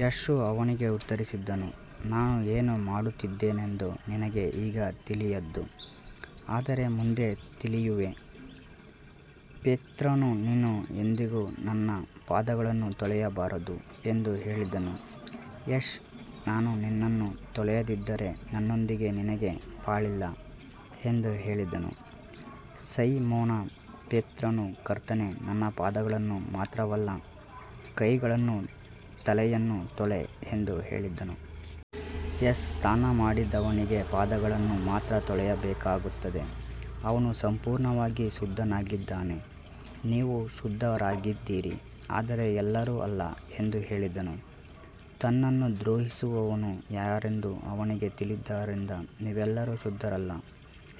ಯೇಸು ಅವನಿಗೆ ಉತ್ತರಿಸಿದನು, ನಾನು ಏನು ಮಾಡುತ್ತಿದ್ದೇನೆಂದು ನಿನಗೆ ಈಗ ತಿಳಿಯದು, ಆದರೆ ಮುಂದೆ ತಿಳಿಯುವೆ. ಪೇತ್ರನು, ನೀನು ಎಂದಿಗೂ ನನ್ನ ಪಾದಗಳನ್ನು ತೊಳೆಯಬಾರದು ಎಂದು ಹೇಳಿದನು. ಯೇಸು, ನಾನು ನಿನ್ನನ್ನು ತೊಳೆಯದಿದ್ದರೆ ನನ್ನೊಂದಿಗೆ ನಿನಗೆ ಪಾಲಿಲ್ಲ ಎಂದು ಹೇಳಿದನು. ಸೈಮೋನ ಪೇತ್ರನು, ಕರ್ತನೇ, ನನ್ನ ಪಾದಗಳನ್ನು ಮಾತ್ರವಲ್ಲ, ಕೈಗಳನ್ನೂ ತಲೆಯನ್ನೂ ತೊಳೆ ಎಂದು ಹೇಳಿದನು. ಯೇಸು, ಸ್ನಾನಮಾಡಿದವನಿಗೆ ಪಾದಗಳನ್ನು ಮಾತ್ರ ತೊಳೆಯಬೇಕಾಗುತ್ತದೆ, ಅವನು ಸಂಪೂರ್ಣವಾಗಿ ಶುದ್ಧನಾಗಿದ್ದಾನೆ. ನೀವು ಶುದ್ಧರಾಗಿದ್ದೀರಿ, ಆದರೆ ಎಲ್ಲರೂ ಅಲ್ಲ ಎಂದು ಹೇಳಿದನು. ತನ್ನನ್ನು ದ್ರೋಹಿಸುವವನು ಯಾರೆಂದು ಅವನಿಗೆ ತಿಳಿದಿದ್ದರಿಂದ ನೀವೆಲ್ಲರೂ ಶುದ್ಧರಲ್ಲ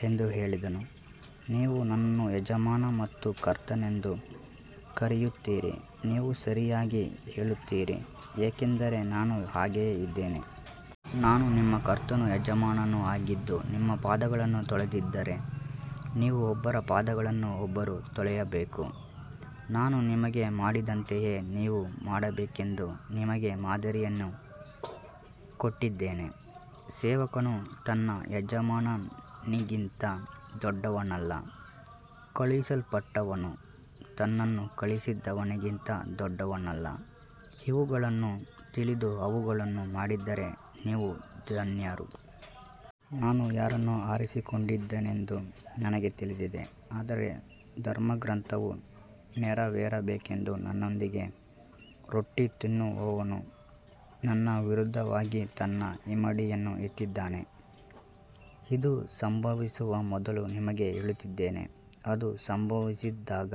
ಎಂದು ಹೇಳಿದನು. ನೀವು ನನ್ನನ್ನು ಯಜಮಾನ ಮತ್ತು ಕರ್ತನೆಂದು ಕರೆಯುತ್ತೀರಿ, ನೀವು ಸರಿಯಾಗಿ ಹೇಳುತ್ತೀರಿ, ಏಕೆಂದರೆ ನಾನು ಹಾಗೆಯೇ ಇದ್ದೇನೆ. ನಾನು ನಿಮ್ಮ ಕರ್ತನೂ ಯಜಮಾನನೂ ಆಗಿದ್ದು ನಿಮ್ಮ ಪಾದಗಳನ್ನು ತೊಳೆದಿದ್ದರೆ, ನೀವೂ ಒಬ್ಬರ ಪಾದಗಳನ್ನು ಒಬ್ಬರು ತೊಳೆಯಬೇಕು. ನಾನು ನಿಮಗೆ ಮಾಡಿದಂತೆಯೇ ನೀವು ಮಾಡಬೇಕೆಂದು ನಿಮಗೆ ಮಾದರಿಯನ್ನು ಕೊಟ್ಟಿದ್ದೇನೆ. ಸೇವಕನು ತನ್ನ ಯಜಮಾನನಿಗಿಂತ ದೊಡ್ಡವನಲ್ಲ, ಕಳುಹಿಸಲ್ಪಟ್ಟವನೂ ತನ್ನನ್ನು ಕಳುಹಿಸಿದವನಿಗಿಂತ ದೊಡ್ಡವನಲ್ಲ. ಇವುಗಳನ್ನು ತಿಳಿದು ಅವುಗಳನ್ನು ಮಾಡಿದರೆ ನೀವು ಧನ್ಯರು. ನಾನು ಯಾರನ್ನು ಆರಿಸಿಕೊಂಡಿದ್ದೇನೆಂದು ನನಗೆ ತಿಳಿದಿದೆ, ಆದರೆ ಧರ್ಮಗ್ರಂಥವು ನೆರವೇರಬೇಕೆಂದು ನನ್ನೊಂದಿಗೆ ರೊಟ್ಟಿ ತಿನ್ನುವವನು ನನ್ನ ವಿರುದ್ಧವಾಗಿ ತನ್ನ ಹಿಮ್ಮಡಿಯನ್ನು ಎತ್ತಿದ್ದಾನೆ. ಇದು ಸಂಭವಿಸುವ ಮೊದಲು ನಿಮಗೆ ಹೇಳುತ್ತಿದ್ದೇನೆ, ಅದು ಸಂಭವಿಸಿದಾಗ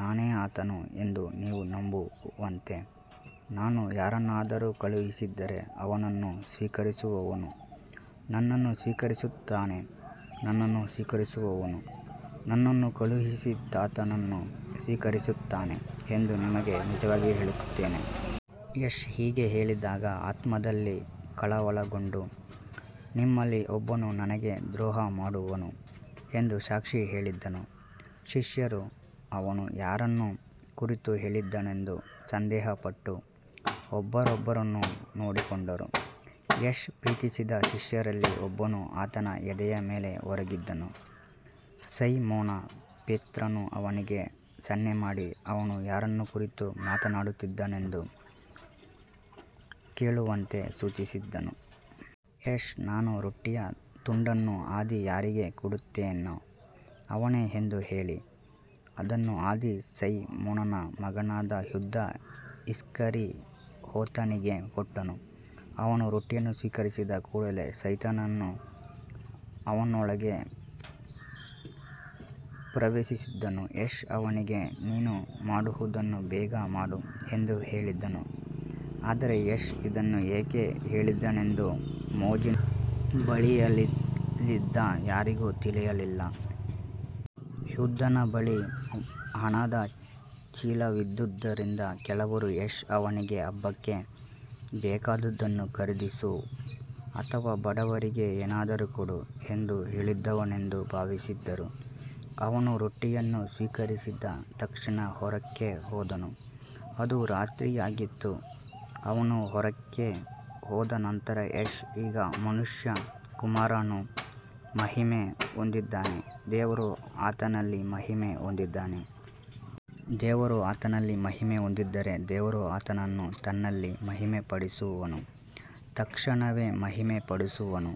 ನಾನೇ ಆತನು ಎಂದು ನೀವು ನಂಬುವಂತೆ. ನಾನು ಯಾರನ್ನಾದರೂ ಕಳುಹಿಸಿದರೆ ಅವನನ್ನು ಸ್ವೀಕರಿಸುವವನು ನನ್ನನ್ನು ಸ್ವೀಕರಿಸುತ್ತಾನೆ, ನನ್ನನ್ನು ಸ್ವೀಕರಿಸುವವನು ನನ್ನನ್ನು ಕಳುಹಿಸಿದಾತನನ್ನು ಸ್ವೀಕರಿಸುತ್ತಾನೆ ಎಂದು ನಿಮಗೆ ನಿಜವಾಗಿ ಹೇಳುತ್ತೇನೆ. ಯೇಸು ಹೀಗೆ ಹೇಳಿದಾಗ ಆತ್ಮದಲ್ಲಿ ಕಳವಳಗೊಂಡು, ನಿಮ್ಮಲ್ಲಿ ಒಬ್ಬನು ನನಗೆ ದ್ರೋಹಮಾಡುವನು ಎಂದು ಸಾಕ್ಷಿ ಹೇಳಿದನು. ಶಿಷ್ಯರು ಅವನು ಯಾರನ್ನು ಕುರಿತು ಹೇಳಿದನೆಂದು ಸಂದೇಹಪಟ್ಟು ಒಬ್ಬರನ್ನೊಬ್ಬರು ನೋಡಿಕೊಂಡರು. ಯೇಸು ಪ್ರೀತಿಸಿದ ಶಿಷ್ಯರಲ್ಲಿ ಒಬ್ಬನು ಆತನ ಎದೆಯ ಮೇಲೆ ಒರಗಿದ್ದನು. ಸೈಮೋನ ಪೇತ್ರನು ಅವನಿಗೆ ಸನ್ನೆ ಮಾಡಿ, ಅವನು ಯಾರನ್ನು ಕುರಿತು ಮಾತನಾಡುತ್ತಿದ್ದಾನೆಂದು ಕೇಳುವಂತೆ ಸೂಚಿಸಿದನು. ಯೇಸು, ನಾನು ರೊಟ್ಟಿಯ ತುಂಡನ್ನು ಅದ್ದಿ ಯಾರಿಗೆ ಕೊಡುತ್ತೇನೋ ಅವನೇ ಎಂದು ಹೇಳಿ, ಅದನ್ನು ಅದ್ದಿ ಸೈಮೋನನ ಮಗನಾದ ಯೂದ ಇಸ್ಕರಿಯೋತನಿಗೆ ಕೊಟ್ಟನು. ಅವನು ರೊಟ್ಟಿಯನ್ನು ಸ್ವೀಕರಿಸಿದ ಕೂಡಲೇ ಸೈತಾನನು ಅವನೊಳಗೆ ಪ್ರವೇಶಿಸಿದನು. ಯೇಸು ಅವನಿಗೆ, ನೀನು ಮಾಡುವುದನ್ನು ಬೇಗ ಮಾಡು ಎಂದು ಹೇಳಿದನು. ಆದರೆ ಯೇಸು ಇದನ್ನು ಏಕೆ ಹೇಳಿದನೆಂದು ಮೇಜಿನ ಬಳಿಯಲ್ಲಿದ್ದ ಯಾರಿಗೂ ತಿಳಿಯಲಿಲ್ಲ. ಯೂದನ ಬಳಿ ಹಣದ ಚೀಲವಿದ್ದುದರಿಂದ ಕೆಲವರು ಯೇಸು ಅವನಿಗೆ ಹಬ್ಬಕ್ಕೆ ಬೇಕಾದುದನ್ನು ಖರೀದಿಸು ಅಥವಾ ಬಡವರಿಗೆ ಏನಾದರೂ ಕೊಡು ಎಂದು ಹೇಳಿದನೆಂದು ಭಾವಿಸಿದರು. ಅವನು ರೊಟ್ಟಿಯನ್ನು ಸ್ವೀಕರಿಸಿದ ತಕ್ಷಣ ಹೊರಗೆ ಹೋದನು, ಅದು ರಾತ್ರಿಯಾಗಿತ್ತು. ಅವನು ಹೊರಗೆ ಹೋದ ನಂತರ ಯೇಸು, ಈಗ ಮನುಷ್ಯಕುಮಾರನು ಮಹಿಮೆ ಹೊಂದಿದ್ದಾನೆ, ದೇವರೂ ಆತನಲ್ಲಿ ಮಹಿಮೆ ಹೊಂದಿದ್ದಾನೆ. ದೇವರು ಆತನಲ್ಲಿ ಮಹಿಮೆ ಹೊಂದಿದ್ದರೆ ದೇವರೂ ಆತನನ್ನು ತನ್ನಲ್ಲಿ ಮಹಿಮೆಪಡಿಸುವನು, ತಕ್ಷಣವೇ ಮಹಿಮೆಪಡಿಸುವನು.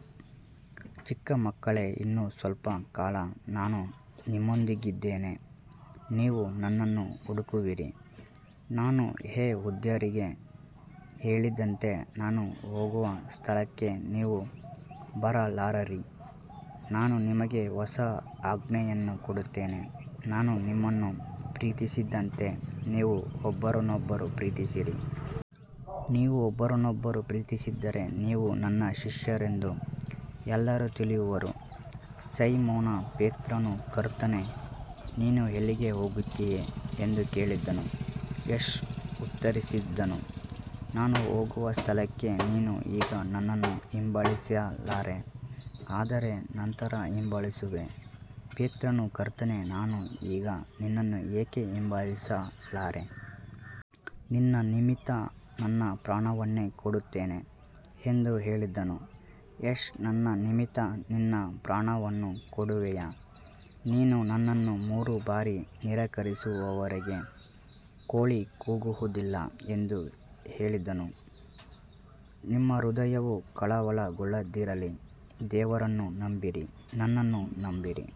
ಚಿಕ್ಕ ಮಕ್ಕಳೇ, ಇನ್ನೂ ಸ್ವಲ್ಪ ಕಾಲ ನಾನು ನಿಮ್ಮೊಂದಿಗಿದ್ದೇನೆ. ನೀವು ನನ್ನನ್ನು ಹುಡುಕುವಿರಿ, ನಾನು ಯೆಹೂದ್ಯರಿಗೆ ಹೇಳಿದಂತೆ, ನಾನು ಹೋಗುವ ಸ್ಥಳಕ್ಕೆ ನೀವು ಬರಲಾರಿರಿ. ನಾನು ನಿಮಗೆ ಹೊಸ ಆಜ್ಞೆಯನ್ನು ಕೊಡುತ್ತೇನೆ, ನಾನು ನಿಮ್ಮನ್ನು ಪ್ರೀತಿಸಿದಂತೆ ನೀವೂ ಒಬ್ಬರನ್ನೊಬ್ಬರು ಪ್ರೀತಿಸಿರಿ. ನೀವು ಒಬ್ಬರನ್ನೊಬ್ಬರು ಪ್ರೀತಿಸಿದರೆ, ನೀವು ನನ್ನ ಶಿಷ್ಯರೆಂದು ಎಲ್ಲರೂ ತಿಳಿಯುವರು. ಸೈಮೋನ ಪೇತ್ರನು, ಕರ್ತನೇ, ನೀನು ಎಲ್ಲಿಗೆ ಹೋಗುತ್ತೀಯೆ ಎಂದು ಕೇಳಿದನು. ಯೇಸು ಉತ್ತರಿಸಿದನು, ನಾನು ಹೋಗುವ ಸ್ಥಳಕ್ಕೆ ನೀನು ಈಗ ನನ್ನನ್ನು ಹಿಂಬಾಲಿಸಲಾರೆ, ಆದರೆ ನಂತರ ಹಿಂಬಾಲಿಸುವೆ. ಪೇತ್ರನು, ಕರ್ತನೇ, ನಾನು ಈಗ ನಿನ್ನನ್ನು ಏಕೆ ಹಿಂಬಾಲಿಸಲಾರೆ? ನಿನ್ನ ನಿಮಿತ್ತ ನನ್ನ ಪ್ರಾಣವನ್ನೇ ಕೊಡುತ್ತೇನೆ ಎಂದು ಹೇಳಿದನು. ಯೇಸು, ನನ್ನ ನಿಮಿತ್ತ ನಿನ್ನ ಪ್ರಾಣವನ್ನು ಕೊಡುವೆಯಾ? ನೀನು ನನ್ನನ್ನು ಮೂರು ಬಾರಿ ನಿರಾಕರಿಸುವವರೆಗೆ ಕೋಳಿ ಕೂಗುವುದಿಲ್ಲ ಎಂದು ಹೇಳಿದನು. ನಿಮ್ಮ ಹೃದಯವು ಕಳವಳಗೊಳ್ಳದಿರಲಿ, ದೇವರನ್ನು ನಂಬಿರಿ, ನನ್ನನ್ನೂ ನಂಬಿರಿ.